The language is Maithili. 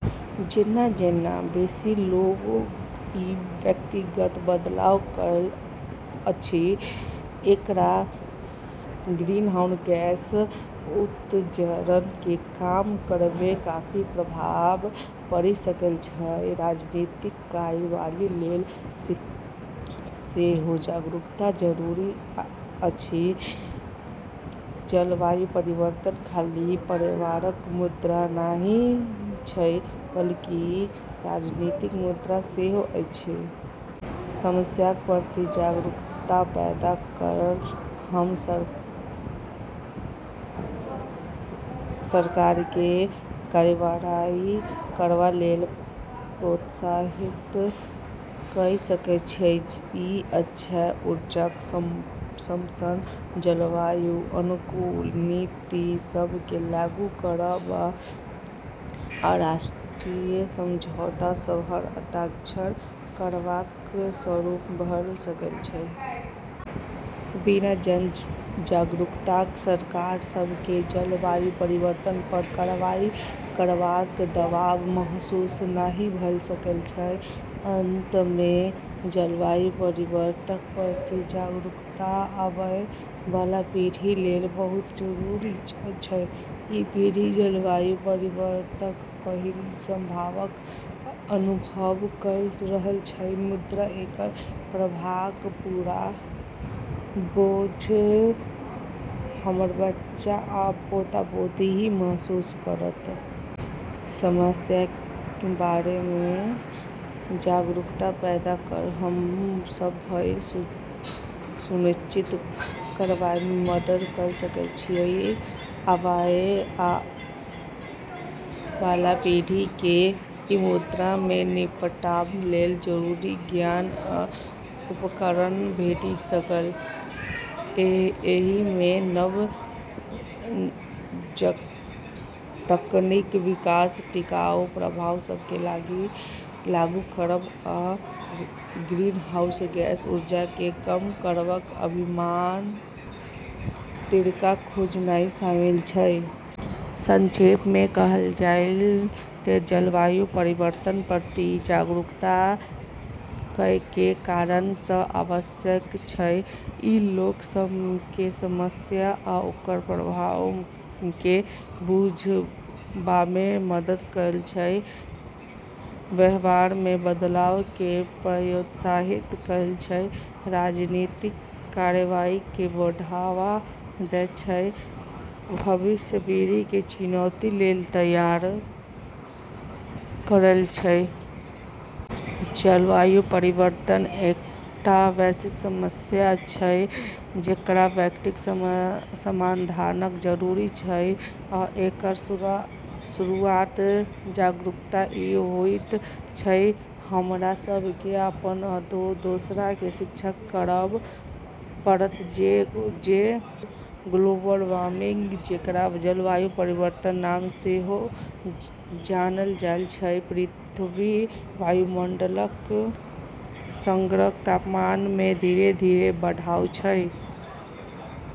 जेना-जेना बेसी लोक ई व्यक्तिगत बदलाव करैत अछि, एकर ग्रीनहाउस गैस उत्सर्जन केँ कम करबामे काफी प्रभाव पड़ि सकैत अछि। राजनीतिक कार्रवाई लेल सेहो जागरूकता जरूरी अछि। जलवायु परिवर्तन खाली पर्यावरणक मुद्दा नहि अछि बल्कि राजनीतिक मुद्दा सेहो अछि। समस्याक प्रति जागरूकता पैदा कऽ हम सरकारकेँ कार्रवाई करबा लेल प्रोत्साहित कइ सकैत छी। ई अक्षय ऊर्जाक समर्थन, जलवायुक अनुकूल नीति सभ केँ लागू करब, आ अंतर्राष्ट्रीय समझौता सभ पर हस्ताक्षर करबाक रूपमे भऽ सकैत अछि। बिना जन-जागरूकताक सरकार सभ केँ जलवायु परिवर्तन पर कार्रवाई करबाक दबाव महसूस नहि भऽ सकैत अछि। अंतमे, जलवायु परिवर्तनक प्रति जागरूकता आबए बला पीढ़ी लेल बहुत जरूरी अछि। ई पीढ़ी जलवायु परिवर्तनक पहिल प्रभावक अनुभव कऽ रहल अछि, मुदा एकर प्रभावक पूरा बोझ हमर बच्चा आ पोता-पोती ही महसूस करत। समस्याक बारेमे जागरूकता पैदा कऽ हम सभ ई सुनिश्चित करबामे मदद कइ सकैत छी जे आबए बला पीढ़ी केँ ई मुद्दा सँ निपटबा लेल जरूरी ज्ञान आ उपकरण भेटि सकए। एहिमे नव तकनीकक विकास, टिकाऊ प्रथा सभ केँ लागू करब, आ ग्रीनहाउस गैस उत्सर्जन केँ कम करबाक अभिनव तरीका खोजनाइ शामिल अछि। संक्षेपमे कहल जाए तँ जलवायु परिवर्तनक प्रति जागरूकता कएक कारण सँ आवश्यक अछि। ई लोक सभ केँ समस्या आ ओकर प्रभाव केँ बुझबामे मदद करैत अछि, व्यवहारमे बदलाव केँ प्रोत्साहित करैत अछि, राजनीतिक कार्रवाई केँ बढ़ावा दैत अछि, आ भविष्यक पीढ़ी केँ चुनौती लेल तैयार करैत अछि। जलवायु परिवर्तन एकटा वैश्विक समस्या अछि जेकर वैश्विक समाधानक जरूरत अछि, आ एकर शुरुआत जागरूकता सँ होइत अछि। हमरा सभ केँ अपन आ दोसरा केँ शिक्षित करब पड़त जे ग्लोबल वार्मिंग, जेकरा जलवायु परिवर्तनक नाम सँ सेहो जानल जाइत अछि, पृथ्वीक वायुमंडलक समग्र तापमानमे धीरे-धीरे बढ़ब अछि।